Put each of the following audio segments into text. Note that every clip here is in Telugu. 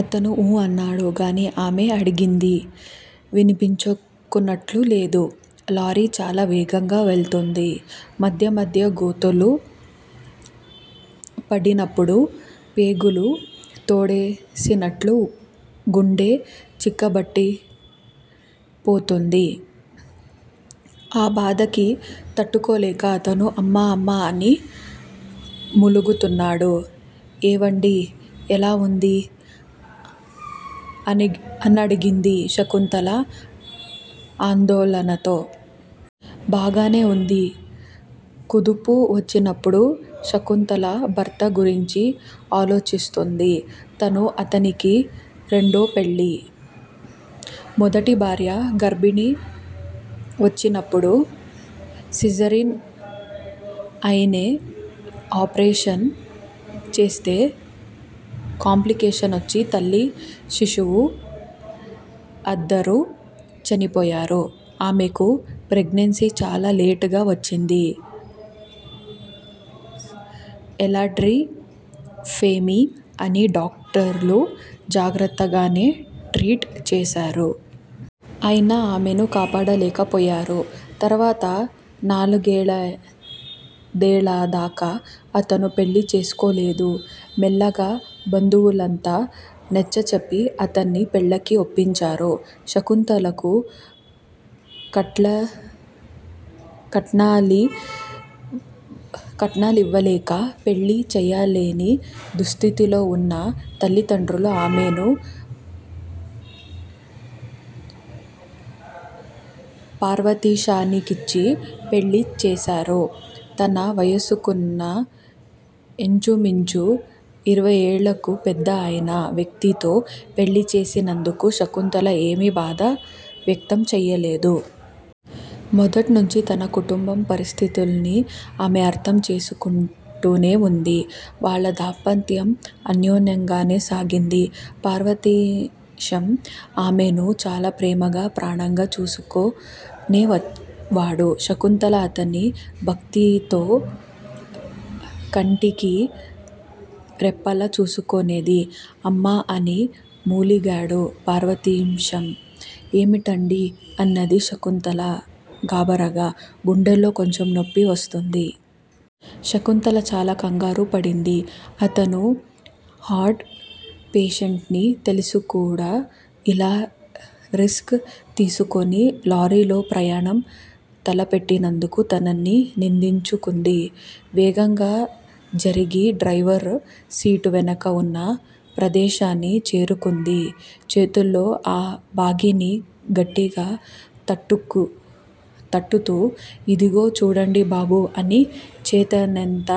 అతను ఊ అన్నాడు గానీ ఆమె అడిగింది వినిపించుకున్నట్లు లేదు. లారీ చాలా వేగంగా వెళ్తోంది. మధ్య మధ్య గోతుల్లో పడినప్పుడు ప్రేగులు తోడేసినట్లై గుండె చిక్కబట్టిపోతోంది. ఆ బాధకి తట్టుకోలేక అతను అమ్మా! అమ్మా! అని మూలుగుతున్నాడు. ఏవండీ! ఎలా వుంది? అనడిగింది శకుంతల ఆందోళనతో. బాగానే ఉంది. కుదుపు వచ్చినప్పుడు శకుంతల భర్త గురించి ఆలోచిస్తోంది. తను అతనికి రెండో పెళ్ళి. మొదటి భార్య గర్భణి వచ్చినప్పుడు సిజేరిన్ అయన ఆపరేషన్ చేస్తే కాంప్లికేషనొచ్చి తల్లి శిశువూ అద్దరూ చనిపోయారు. ఆమెకు ప్రెగ్నెన్సీ చాలా లేటుగా వచ్చింది. ఎల్డర్లీ ఫ్రైమి అని డాక్టర్లు జాగ్రత్తగానే ట్రీట్ చేశారు. అయినా ఆమెను కాపాడలేకపోయారు. తర్వాత నాలుగయిదేళ్ళదాకా అతను పెళ్ళి చేసుకోలేదు. మెల్లగా బంధువులంతా నచ్చజెప్పి అతన్ని పెళ్ళికి ఒప్పించారు. శకుంతలకు కట్నాలివలేక పెళ్ళి చెయ్యలేని దుస్థితిలో వున్న తలిదండ్రులు ఆమెను పార్వతీశానికిచ్చి పెళ్ళి చేశారు. తన వయసుకన్న యించుమించు ఇరవైఏళ్లు కు పెద్ద అయిన వ్యక్తితో పెళ్ళి చేసినందుకు శకుంతల ఏమి బాధ వ్యక్తం చేయ్యలేదు. మొదట్నుచీ తన కుటుంబ పరిస్థితుల్ని ఆమె అర్థం చేసుకుంటూనే వుంది. వాళ్ళ దాంపత్యం అన్యోన్యంగానే సాగింది. పార్వతీశం ఆమెను చాలా ప్రేమగా ప్రాణంగా చూసుకునేవాడు. శకుంతల అతన్ని భక్తితో కంటికి రెప్పలా చూసుకొనేది. అమ్మా! అని మూలిగాడు పార్వతీశం. ఏమిటండీ? అన్నది శకుంతల గాభరాగా. గుండెల్లో కొంచెం నొప్పి వస్తోంది. శకుంతల చాలా కంగారుపడింది. అతను హార్డ్ పేషెంటని తెలిసికూడా ఇలా రిస్క్ తీసుకుని లారీలో ప్రయాణం తలపెట్టినందుకు తనని నిందించుకుంది. వేగంగా జరిగి డ్రైవరు సీటు వెనక వున్న ప్రదేశాన్ని చేరుకుంది. చేతుల్తో ఆ భాగాన్ని గట్టిగా తట్టుతూ ఇదిగో చూడండి బాబూ అని చేతనైనంత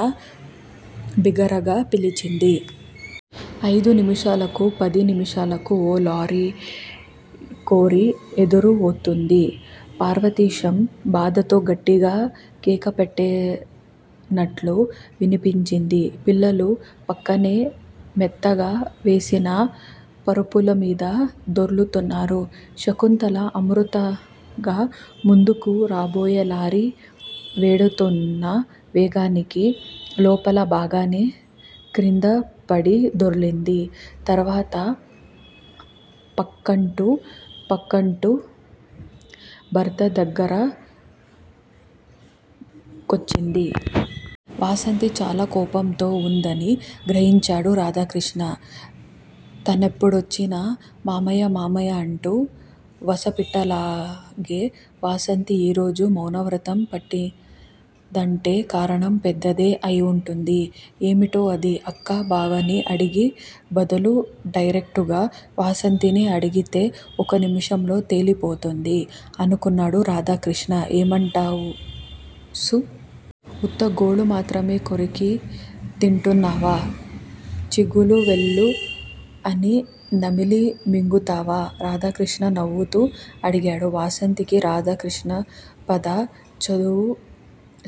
బిగ్గరగా పిలిచింది. అయిదు నిమిషాలకూ పది నిమిషాలకు ఓ లారీయో కారో ఎదురవుతోంది. పార్వతీశం బాధతో గట్టిగా కేకపెట్టినట్లు వినిపించింది. పిల్లలు ప్రక్కనే మెత్తగా వేసిన పరుపులమీద దొర్లుతున్నారు. శకుంతల ఆతృతగా ముందుకు రాబోయి లారీ వెడుతోన్న వేగానికి లోపల భాగానే క్రిందపడి దొర్లింది. తర్వాత పాక్కుంటూ పాక్కుంటూ భర్త దగ్గర కొచ్చింది. వాసంతి చాలా కోపంతో వుందని గ్రహించాడు రాధాకృష్ణ. తానెప్పుడొచ్చినా మామయ్యా! మామయ్యా! అంటూ వసపిట్టలాగే వాసంతి ఈరోజు మౌనవ్రతం పట్టిందంటే కారణం పెద్దదే అయివుంటుంది. ఏమిటో అది? అక్కా బావని అడిగే బదులు డైరెక్టుగా వాసంతినే అడిగితే ఒక్క నిమిషంలో తేలిపోతుంది అనుకున్నాడు రాధాకృష్ణ. ఏంఅంటావువాసు ఉత్త గోళ్ళు మాత్రమే కొరికి తింటున్నావా? చిగుళ్ళు వేళ్ళు అన్నీ నమిలిమింగుతున్నావా? రాధాకృష్ణ నవ్వుతూ అడిగాడు. వాసంతికి రాధాకృష్ణవద్ద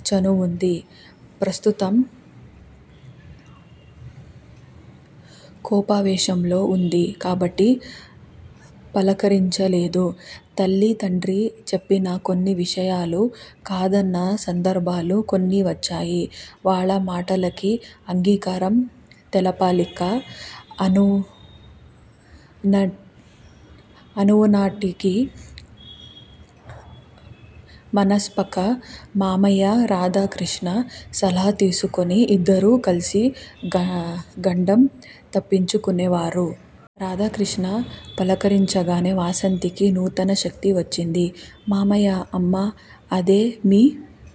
చనువుంది. ప్రస్తుతం కోపావేశంలో వుంది కాబట్టి పలకరించలేదు. తల్లి తండ్రి చెప్పిన కొన్ని విషయాలు కాదన్న సందర్భాలు కొన్ని వచ్చాయి. వాళ్ళ మాటలకి అంగీకారం తెలపలేక అనువటానికి మనసొప్పక మామయ్య రాధాకృష్ణ సలహా తీసుకుని ఇద్దరూ కల్సి గండం తప్పించుకునేవారు. రాధాకృష్ణ పలకరించగానే వాసంతికి నూతన శక్తి వచ్చింది. మామయ్యా! అమ్మ అదే మీ